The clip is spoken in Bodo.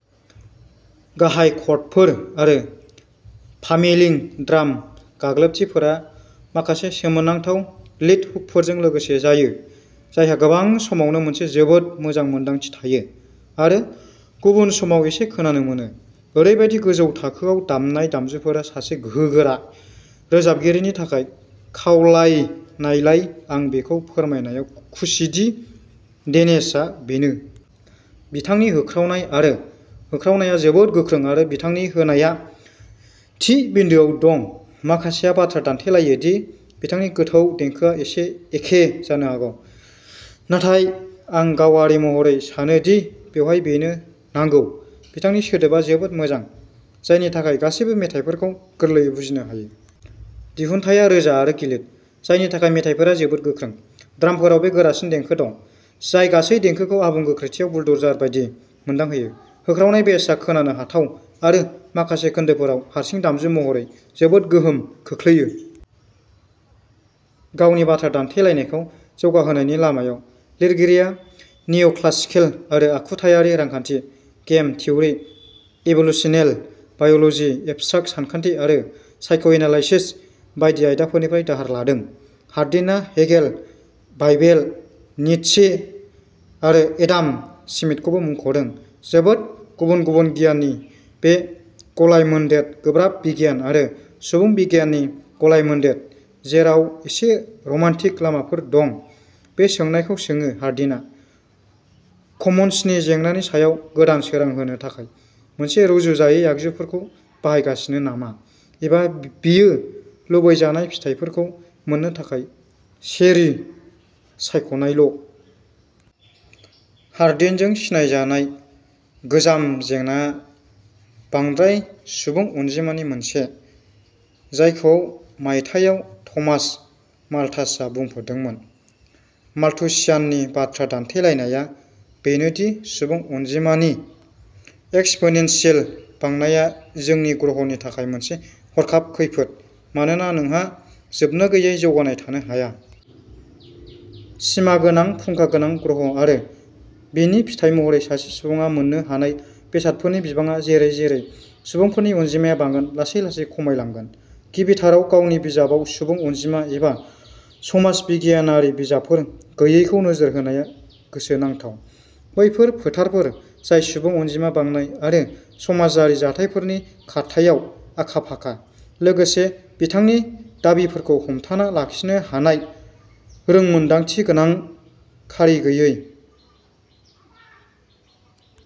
गाहाय कर्डफोर आरो पामेलिं ड्राम गाग्लोबथिफोरा माखासे सोमोनांथाव लीड हुकफोरजों लोगोसे जायो, जायहा गोबां समावनो मोनसे जोबोद मोजां मोनदांथि थायो आरो गुबुन समाव एसे खोनानो मोनो। ओरैबायदि गोजौ थाखोआव दामनाय दामजुफोरा सासे गोहोगोरा रोजाबगिरिनि थाखाय खावलायनायलाय आं बेखौ फोरमायनायाव खुसिदि डेनिसआ बेनो। बिथांनि होख्रावनाय आरो होख्रावनायआ जोबोद गोख्रों आरो बिथांनि होनायआ थि बिन्दोआव दं। माखासेया बाथ्रा दान्थेलायो दि बिथांनि गोथौ देंखोआ एसे एखे जानो हागौ, नाथाय आं गावारि महरै सानो दि बेवहाय बेनो नांगौ। बिथांनि सोदोबा जोबोद मोजां, जायनि थाखाय गासैबो मेथाइफोरखौ गोरलैयै बुजिनो हायो। दिहुनथाया रोजा आरो गिलिर, जायनि थाखाय मेथाइफोरा जोबोद गोख्रों। ड्रामफोराव बे गोरासिन देंखो दं, जाय गासै देंखोखौ आबुं गोख्रैथियाव बुलडजार बायदि मोनदांहोयो। होख्रावनाय बेसआ खोनानो हाथाव आरो माखासे खोन्दोफोराव हारसिं दामजु महरै जोबोद गोहोम खोख्लैयो। गावनि बाथ्रा दान्थेलायनायखौ जौगाहोनायनि लामायाव, लिरगिरिया निअक्लासिकेल आरो आखुथायारि रांखान्थि, game theory, evolutional biology, abstract सानखान्थि आरो साइक'एनालाइसिस बायदि आयदाफोरनिफ्राय दाहार लादों। हार्डिनआ हेगेल, बाइबेल, नीत्शे आरो एडाम स्मिथखौबो मुंख'दों। जोबोद गुबुन-गुबुन गियाननि बे गलायमोन्देर, गोब्राब बिगियान आरो सुबुं बिगियाननि गलायमोन्देर, जेराव एसे रमान्टिक लामाफोर दं, बे सोंनायखौ सोङो-हार्डिनआ कमन्सनि जेंनानि सायाव गोदान सोरां होनो थाखाय मोनसे रुजुजायै आगजुफोरखौ बाहायगासिनो नामा एबा बियो लुबैजानाय फिथाइफोरखौ मोननो थाखाय चेरी सायख'नायल '? हार्डिनजों सिनायजानाय'गोजाम जेंना'आ बांद्राय सुबुं अनजिमानि मोनसे, जायखौ मायथाइयाव थमास माल्थासआ बुंफोरदोंमोन। माल्थुसियाननि बाथ्रा दान्थेलायनाया बेनो दि सुबुं अनजिमानि एक्सपोनेनशियेल बांनाया जोंनि ग्रहनि थाखाय मोनसे हरखाब खैफोद मानोना नोंहा जोबनोगैयै जौगानाय थानो हाया। सिमा गोनां फुंखा गोनां ग्रह; आरो, बेनि फिथाइ महरै, सासे सुबुङा मोन्नो हानाय बेसादफोरनि बिबाङा जेरै-जेरै सुबुंफोरनि अनजिमाया बांगोन लासै-लासै खमायलांगोन। गिबिथाराव, गावनि बिजाबाव सुबुं अनजिमा एबा समाज बिगियानारि बिजाबफोर गैयैखौ नोजोर होनाया गोसोनांथाव, बैफोर फोथारफोर जाय सुबुं अनजिमा बांनाय आरो समाजारि जाथायफोरनि खारथाइआव आखा-फाखा; लोगोसे बिथांनि दाबिफोरखौ हमथाना लाखिनो हानाय रोंमोनदांथिगोनां खारि गैयै।